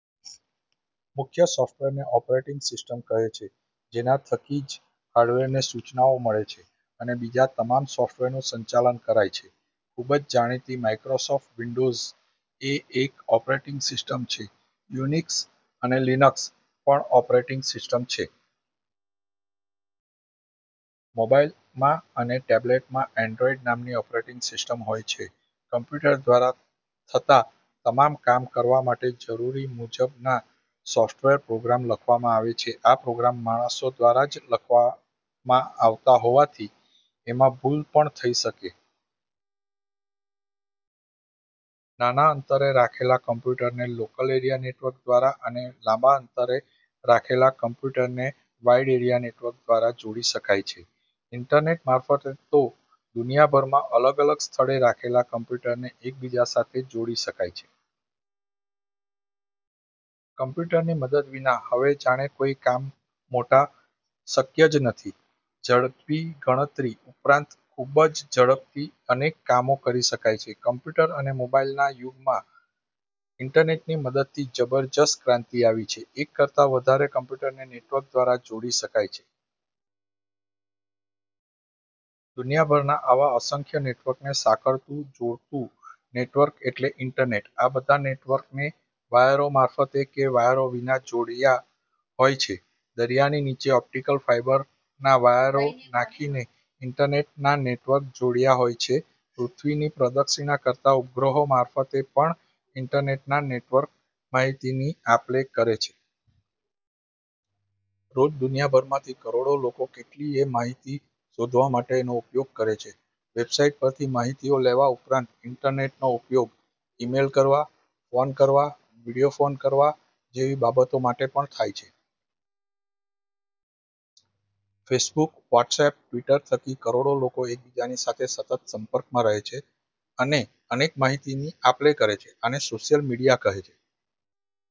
મુખ્ય સોફ્ટવેરને operating system કહે છે જેના થકી જ હાર્ડવેરને સૂચનાઓ મળે છે અને બીજા તમામ સોફ્ટવેરનું સંચાલન કરાય છે. ખુબ જ જાણીતી માઈક્રોસોફ્ટ વિન્ડોઝ એ એક ઓપરેટીંગ સિસ્ટમ છે. યુનિક્સ, લીનક્ષ પણ ઓપરેટીંગ સિસ્ટમ છે. મોબાઈલમાં અને ટેબ્લેટમાં એન્ડ્રોઈડ નામની ઓપરેટીંગ સિસ્ટમ હોય છે. કોમ્પ્યુટર દ્વારા થતા તમામ કામ કરવા માટે જરૂર મુજબના સોફ્ટવેર પ્રોગ્રામ લખવામાં આવે છે. આ પ્રોગ્રામ માણસો દ્વારા જ લખાવામા આવતા હોવાથી એમાં ભૂલ પણ થઇ શકે. નાના અંતરે રાખેલા કોમ્પ્યુટરને લોકલ એરિયા નેટવર્ક દ્વારા અને લાંબા અંતરે રાખેલા કોમ્પ્યુટરને વાઇડ એરિયા નેટવર્ક દ્વારા જોડી શકાય છે. ઈન્ટરનેટ મારફતે તો દુનિયાભરમાં અલગ અલગ સ્થળે રાખેલા કોમ્પ્યુટરને એકબીજા સાથે જોડી શકાય છે. કોમ્પ્યુટરની મદદ વિના હવે જાણે કોઈ મોટા કામ શક્ય જ નથી! ઝડપી ગણતરી ઉપરાંત ખુબ જ ઝડપથી અનેક કામો કરી શકાય છે. કોમ્પ્યુટર અને મોબાઈલ યુગમાં ઈન્ટરનેટની મદદથી જબરદસ્ત ક્રાંતિ આવી છે. એક કરતાં વધારે કોમ્પ્યુટરને નેટવર્ક દ્વારા જોડી શકાય છે. દુનિયાભરના આવા અસંખ્ય નેટવર્કને સાંકળતું-જોડતું નેટવર્ક એટલે ઈન્ટરનેટ. આ બધા નેટવર્કને વાયરો મારફતે કે વાયરો વિના જોડ્યા હોય છે. દરિયાની નીચે ઓપ્ટીકલ ફાઈબરના વાયરો નાંખીને ઈન્ટરનેટના નેટવર્ક જોડ્યા હોય છે. પૃથ્વીની પ્રદક્ષિણા કરતા ઉપગ્રહો મારફતે પણ ઈન્ટરનેટના નેટવર્ક માહિતીની આપલે કરે છે. રોજ દુનિયાભરમાંથી કરોડો લોકો કેટલીય માહિતી શોધવા માટે એનો ઉપયોગ કરે છે. વેબ સાઈટ પરથી માહિતીઓ લેવા ઉપરાંત ઈન્ટરનેટનો ઉપયોગ ઇમેઈલ કરવા, ફોન કરવા, વિડીયો ફોન કરવા જેવી બાબતો માટે પણ થાય છે. ફેસબુક, વ્હોટસએપ, ટવીટર થકી કરોડો લોકો એકબીજા સાથે સતત સંપર્કમાં રહે છે અને અનેક માહિતી ની આપલે કરે છે. આને સોશિઅલ મીડિયા કહે છે.